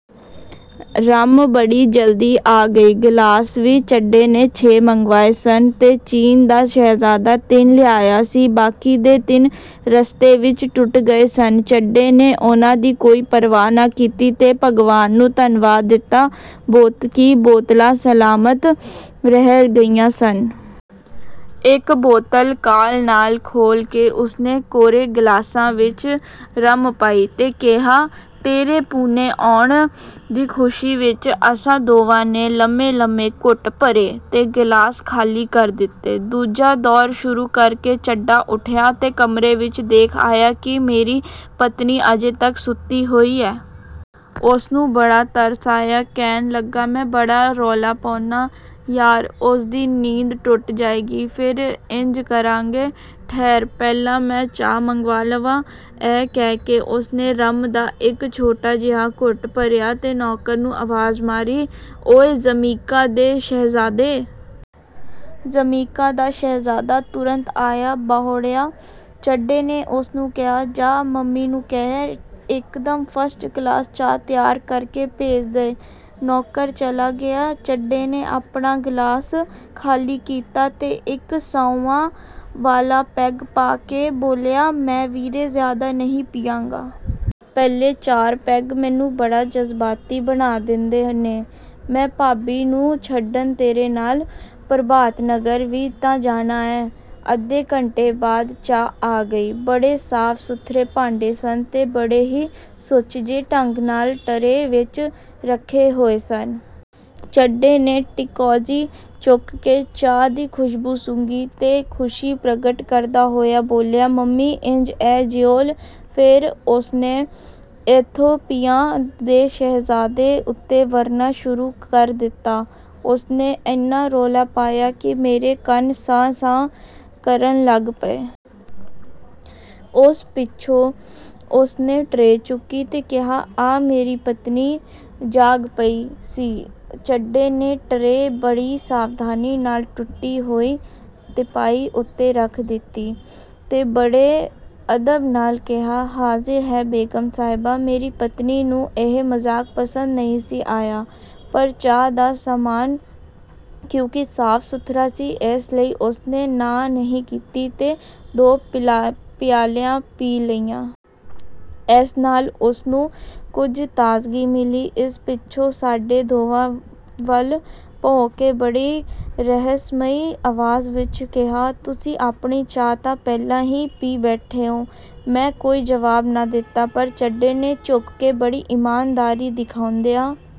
Rum ਬੜੀ ਜਲਦੀ ਆ ਗਈ, ਗਲਾਸ ਵੀ। ਚੱਡੇ ਨੇ ਛੇ ਮੰਗਵਾਏ ਸਨ ਤੇ ਚੀਨ ਦਾ ਸ਼ਹਿਜ਼ਾਦਾ ਤਿੰਨ ਲਿਆਇਆ ਸੀ, ਬਾਕੀ ਦੇ ਤਿੰਨ ਰਸਤੇ ਵਿਚ ਟੁੱਟ ਗਏ ਸਨ। ਚੱਡੇ ਨੇ ਉਹਨਾਂ ਦੀ ਕੋਈ ਪ੍ਰਵਾਹ ਨਾ ਕੀਤੀ ਤੇ ਭਗਵਾਨ ਨੂੰ ਧੰਨਵਾਦ ਦਿੱਤਾ ਕਿ ਬੋਤਲਾਂ ਸਲਾਮਤ ਰਹਿ ਗਈਆਂ ਸਨ। ਇਕ ਬੋਤਲ ਕਾਹਲ ਨਾਲ ਖੋਹਲ ਕੇ ਉਸਨੇ ਕੋਰੇ ਗਲਾਸਾਂ ਵਿਚ ਰੰਮ ਪਾਈ ਤੇ ਕਿਹਾ, "ਤੇਰੇ ਪੂਨੇ ਆਉਣ ਦੀ ਖੁਸ਼ੀ ਵਿਚ। "ਅਸਾਂ ਦੋਵਾਂ ਨੇ ਲੰਮੇਂ-ਲੰਮੇਂ ਘੁੱਟ ਭਰੇ 'ਤੇ ਗ਼ਲਾਸ ਖ਼ਾਲੀ ਕਰ ਦਿੱਤੇ। ਦੂਜਾ ਦੌਰ ਸ਼ੁਰੂ ਕਰਕੇ ਚੱਡਾ ਉੱਠਿਆ ਤੇ ਕਮਰੇ ਵਿਚ ਦੇਖ ਆਇਆ ਕਿ ਮੇਰੀ ਪਤਨੀ ਅਜੇ ਤਕ ਸੁੱਤੀ ਹੋਈ ਹੈ। ਉਸਨੂੰ ਬੜਾ ਤਰਸ ਆਇਆ। ਕਹਿਣ ਲੱਗਾ, "ਮੈਂ ਬੜਾ ਰੌਲਾ ਪਾਉਣਾ ਯਾਰ, ਉਸਦੀ ਨੀਂਦ ਟੁੱਟ ਜਾਏਗੀ। ਫੇਰ ਇੰਜ ਕਰਾਂਗੇ, ਠਹਿਰ ਪਹਿਲਾਂ ਮੈਂ ਚਾਹ ਮੰਗਵਾ ਲਵਾਂ। " ਇਹ ਕਹਿ ਕੇ ਉਸਨੇ ਰੰਮ ਦਾ ਇਕ ਛੋਟਾ ਜਿਹਾ ਘੁੱਟ ਭਰਿਆ ਤੇ ਨੌਕਰ ਨੂੰ ਆਵਾਜ਼ ਮਾਰੀ, "ਓਇ ਜਮੀਕਾ ਦੇ ਸ਼ਹਿਜ਼ਾਦੇ! " ਜਮੀਕਾ ਦਾ ਸ਼ਹਿਜ਼ਾਦਾ ਤੁਰੰਤ ਆ ਬਹੁੜਿਆ। ਚੱਡੇ ਨੇ ਉਸਨੂੰ ਕਿਹਾ, "ਜਾਹ, ਮੰਮੀ ਨੂੰ ਕਹਿ, ਇਕਦਮ ਫਸਟ ਕਲਾਸ ਚਾਹ ਤਿਆਰ ਕਰਕੇ ਭੇਜ ਦਏ। " ਨੌਕਰ ਚਲਾ ਗਿਆ। ਚੱਡੇ ਨੇ ਆਪਣਾ ਗ਼ਲਾਸ ਖ਼ਾਲੀ ਕੀਤਾ ਤੇ ਇਕ ਸਾਊਆਂ ਵਾਲਾ ਪੈਗ ਪਾ ਕੇ ਬੋਲਿਆ, "ਮੈਂ ਵੀਰੇ, ਜ਼ਿਆਦਾ ਨਹੀਂ ਪੀਆਂਗਾ। ਪਹਿਲੇ ਚਾਰ ਪੈਗ ਮੈਨੂੰ ਬੜਾ ਜਜ਼ਬਾਤੀ ਬਣਾ ਦਿੰਦੇ ਨੇ। ਮੈਂ ਭਾਬੀ ਨੂੰ ਛੱਡਣ ਤੇਰੇ ਨਾਲ ਪ੍ਰਭਾਤਨਗਰ ਵੀ ਤਾਂ ਜਾਣਾ ਏਂ। " ਅੱਧੇ ਘੰਟੇ ਬਾਅਦ ਚਾਹ ਆ ਗਈ। ਬੜੇ ਸਾਫ-ਸੁਥਰੇ ਭਾਂਡੇ ਸਨ ਤੇ ਬੜੇ ਹੀ ਸੁਚੱਜੇ ਢੰਗ ਨਾਲ ਟਰੇ ਵਿਚ ਰੱਖੇ ਹੋਏ ਸਨ। ਚੱਡੇ ਨੇ ਟੀਕੋਜੀ ਚੁੱਕ ਕੇ ਚਾਹ ਦੀ ਖ਼ੁਸ਼ਬੂ ਸੁੰਘੀ ਤੇ ਖ਼ੁਸ਼ੀ ਪ੍ਰਗਟ ਕਰਦਾ ਹੋਇਆ ਬੋਲਿਆ, "ਮੰਮੀ ਇਜ਼ ਏ ਜਿਊਲ" ਫੇਰ ਉਸਨੇ ਇਥੋਪੀਆ ਦੇ ਸ਼ਹਿਜ਼ਾਦੇ ਉੱਤੇ ਵਰ੍ਹਣਾ ਸ਼ੁਰੂ ਕਰ ਦਿੱਤਾ। ਉਸਨੇ ਏਨਾ ਰੌਲਾ ਪਾਇਆ ਕਿ ਮੇਰੇ ਕੰਨ ਸਾਂ-ਸਾਂ ਕਰਨ ਲੱਗ ਪਏ। ਉਸ ਪਿੱਛੋਂ ਉਸਨੇ ਟਰੇ ਚੁੱਕੀ ਤੇ ਕਿਹਾ, "ਆ!" ਮੇਰੀ ਪਤਨੀ ਜਾਗ ਪਈ ਸੀ। ਚੱਡੇ ਨੇ ਟਰੇ ਬੜੀ ਸਾਵਧਾਨੀ ਨਾਲ ਟੁੱਟੀ ਹੋਈ ਤਿਪਾਈ ਉੱਤੇ ਰੱਖ ਦਿੱਤੀ ਤੇ ਬੜੇ ਅਦਬ ਨਾਲ ਕਿਹਾ, "ਹਾਜ਼ਿਰ ਹੈ, ਬੇਗ਼ਮ ਸਾਹਿਬਾ " ਮੇਰੀ ਪਤਨੀ ਨੂੰ ਇਹ ਮਜ਼ਾਕ ਪਸੰਦ ਨਹੀਂ ਸੀ ਆਇਆ, ਪਰ ਚਾਹ ਦਾ ਸਾਮਾਨ ਕਿਉਂਕਿ ਸਾਫ-ਸੁਥਰਾ ਸੀ, ਇਸ ਲਈ ਉਸਨੇ ਨਾਂਹ ਨਹੀਂ ਕੀਤੀ ਤੇ ਦੋ ਪਿਆਲੀਆਂ ਪੀ ਲਈਆਂ। ਇਸ ਨਾਲ ਉਸਨੂੰ ਕੁਝ ਤਾਜ਼ਗੀ ਮਿਲੀ। ਇਸ ਪਿੱਛੋਂ ਸਾਡੇ ਦੋਵਾਂ ਵੱਲ ਭੌਂ ਕੇ ਬੜੀ ਰਹੱਸਮਈ ਆਵਾਜ਼ ਵਿਚ ਕਿਹਾ, "ਤੁਸੀਂ ਆਪਣੀ ਚਾਹ ਤਾਂ ਪਹਿਲਾਂ ਹੀ ਪੀਈ ਬੈਠੇ ਓ! "ਮੈਂ ਕੋਈ ਜਵਾਬ ਨਾ ਦਿੱਤਾ ਪਰ ਚੱਡੇ ਨੇ ਝੁਕ ਕੇ ਬੜੀ ਈਮਾਨਦਾਰੀ ਦਿਖਾਉਂਦਿਆ